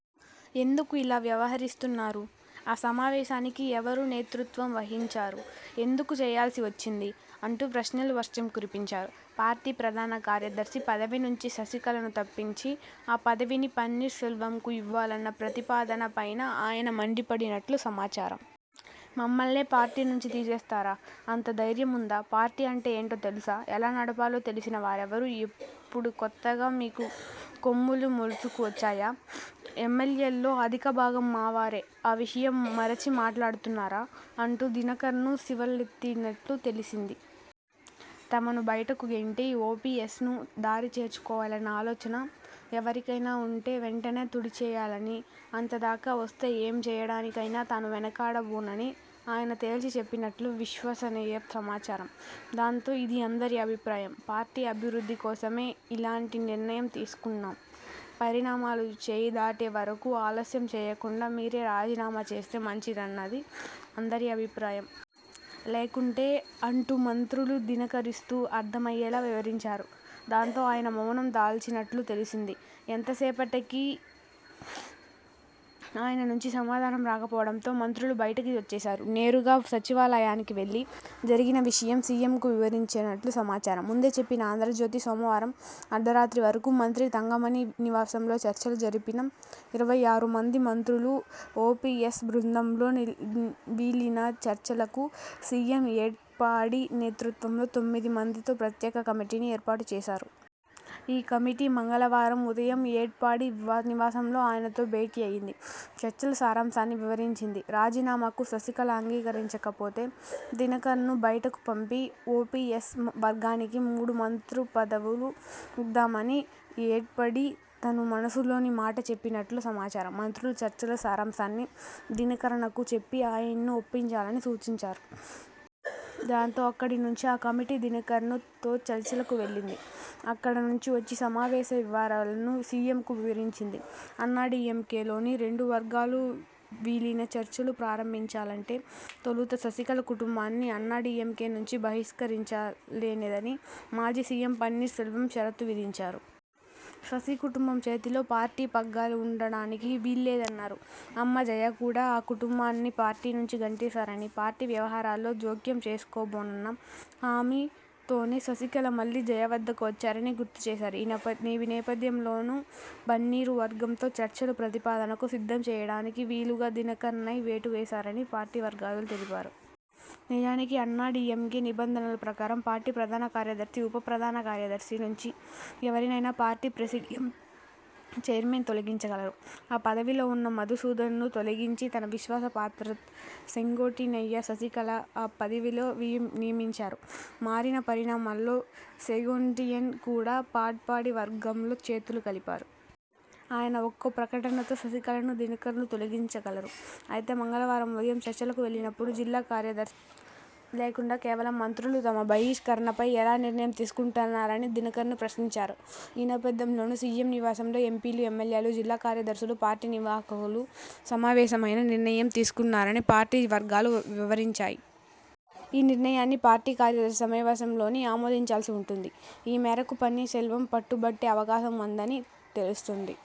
ఎందుకు ఇలా వ్యవహరిస్తున్నారు? ఆ సమావేశానికి ఎవరు నేతృత్వం వహించారు? ఎందుకు చేయాల్సి వచ్చింది? '' అంటూ ప్రశ్నల వర్షం కురిపించారు. పార్టీ ప్రధాన కార్యదర్శి పదవి నుంచి శశికళను తప్పించి ఆ పదవిని పన్నీర్ సెల్వంకు ఇవ్వాలన్న ప్రతిపాదన పైనా ఆయన మండిపడినట్లు సమాచారం. ''మమ్మల్నే పార్టీ నుంచి తీసేస్తారా? అంత ధైర్యముందా? పార్టీ అంటే ఏంటో తెలుసా? ఎలా నడపాలో తెలిసిన వారెవరు? ఇప్పుడు కొత్తగా మీకు కొమ్ములు మొలుచుకు వచ్చాయా? ఎమ్మెల్యేల్లో అధిక భాగం మావారే. ఆ విషయం మరచి మాట్లాడుతున్నారా? '' అంటూ దినకరన్ శివాలెత్తినట్లు తెలిసింది. తమను బయటకు గెంటి, ఓపీఎస్ను దారి చేర్చుకోవాలన్న ఆలోచన ఎవరికైనా ఉంటే వెంటనే తుడిచేయాలని, అంతదాకా వస్తే ఏం చేయడానికైనా తాను వెనకాడబోనని ఆయన తేల్చి చెప్పినట్లు విశ్వసనీయ సమాచారం. దాంతో, ''ఇది అందరి అభిప్రాయం. పార్టీ అభివృద్ధి కోసమే ఇలాంటి నిర్ణయం తీసుకున్నాం. పరిణామాలు చేయి దాటే వరకూ ఆలస్యం చేయకుండా మీరే రాజీనామా చేస్తే మంచిదన్నది అందరి అభిప్రాయం. లేకుంటే.. '' అంటూ మంత్రులు దినకరన్కు అర్థమయ్యేలా వివరించారు. దాంతో ఆయన మౌనం దాల్చినట్లు తెలిసింది. ఎంతసేపటికీ ఆయన నుంచి సమాధానం రాకపోవడంతో మంత్రులు బయటికి వచ్చేశారు. నేరుగా సచివాలయానికి వెళ్లి జరిగిన విషయం సీఎంకు వివరించినట్లు సమాచారం. ముందే చెప్పిన 'ఆంధ్రజ్యోతి' సోమవారం అర్ధరాత్రి వరకూ మంత్రి తంగమణి నివాసంలో చర్చలు జరిపిన ఇరవై ఆరు మంది మంత్రులు, ఓపీఎస్ బృందంతో వి వీలిన చర్చలకు సీఎం ఎడప్పాడి నేతృత్వంలో తొమ్మిది మందితో ప్రత్యేక కమిటీని ఏర్పాటు చేశారు. ఈ కమిటీ మంగళవారం ఉదయం ఎడప్పాడి నివాసంలో ఆయనతో భేటీ అయింది. చర్చల సారాంశాన్ని వివరించింది. రాజీనామాకు శశికళ అంగీకరించకపోతే, దినకరన్ను బయటకు పంపి, ఓపీఎస్ వర్గానికి మూడు మంత్రి పదవులు ఇద్దామని ఎడప్పాడి తన మనసులోని మాట చెప్పినట్లు సమాచారం. మంత్రుల చర్చల సారాంశాన్ని దినకరనకు చెప్పి ఆయన్ను ఒప్పించాలని సూచించారు. దాంతో, అక్కడి నుంచి ఆ కమిటీ దినకరన్ తో చర్చలకు వెళ్లింది. అక్కడి నుంచి వచ్చి సమావేశ వివరాలను సీఎంకు వివరించింది. అన్నా డీఎంకే లోని రెండు వర్గాలూ విలీన చర్చలు ప్రారంభించాలంటే తొలుత శశికళ కుటుంబాన్ని అన్నా డీఎంకే నుంచి బహిష్కరించాల్సిందేనని మాజీ సీఎం పన్నీర్ సెల్వం షరతు విధించారు. శశి కుటుంబం చేతిలో పార్టీ పగ్గాలు ఉండడానికి వీల్లేదన్నారు. అమ్మ జయ కూడా ఆ కుటుంబాన్ని పార్టీ నుంచి గెంటేశారని, పార్టీ వ్యవహారాల్లో జోక్యం చేసుకోబోనన్న హామీ తోనే శశికళ మళ్లీ జయ వద్దకు వచ్చారని గుర్తు చేశారు. ఈ నేపథ్యంలోనే, పన్నీరు వర్గంతో చర్చలకు ప్రాతిపదికను సిద్ధం చేయడానికి వీలుగా దినకరన్పై వేటు వేశారని పార్టీ వర్గాలు తెలిపాయి. నిజానికి, అన్నా డీఎంకే నిబంధనల ప్రకారం, పార్టీ ప్రధాన కార్యదర్శి, ఉప ప్రధాన కార్యదర్శి నుంచి ఎవరినైనా పార్టీ ప్రిసీడియం చైర్మన్ తొలగించగలరు. ఆ పదవిలో ఉన్న మధుసూదన్ ను తొలగించి తన విశ్వాస పాత్రుడు సెంగోట్టియ్యన్ను శశికళ ఆ పదవిలో నియమించారు. మారిన పరిణామాల్లో సెంగోట్టియ్యన్ కూడా ఎడప్పాడి వర్గంతో చేతులు కలిపారు. ఆయన ఒక్క ప్రకటనతో శశికళను, దినకరన్ను తొలగించగలరు. అయితే, మంగళవారం ఉదయం చర్చలకు వెళ్లినప్పుడు జిల్లా కార్యదర్శులు లేకుండా కేవలం మంత్రులు తమ బహిష్కరణపై ఎలా నిర్ణయం తీసుకుంటారని దినకరన్ ప్రశ్నించారు. ఈ నేపథ్యంలోనే, సీఎం నివాసంలో ఎంపీలు, ఎమ్మెల్యేలు, జిల్లా కార్యదర్శులు, పార్టీ నిర్వాహకులు సమావేశమై నిర్ణయం తీసుకున్నారని పార్టీ వర్గాలు వివరించాయి. ఈ నిర్ణయాన్ని పార్టీ కార్యవర్గ సమావేశంలో ఆమోదించాల్సి ఉంటుందని, ఈ మేరకు పన్నీరు సెల్వం పట్టుబట్టే అవకాశం ఉందని తెలుస్తోంది.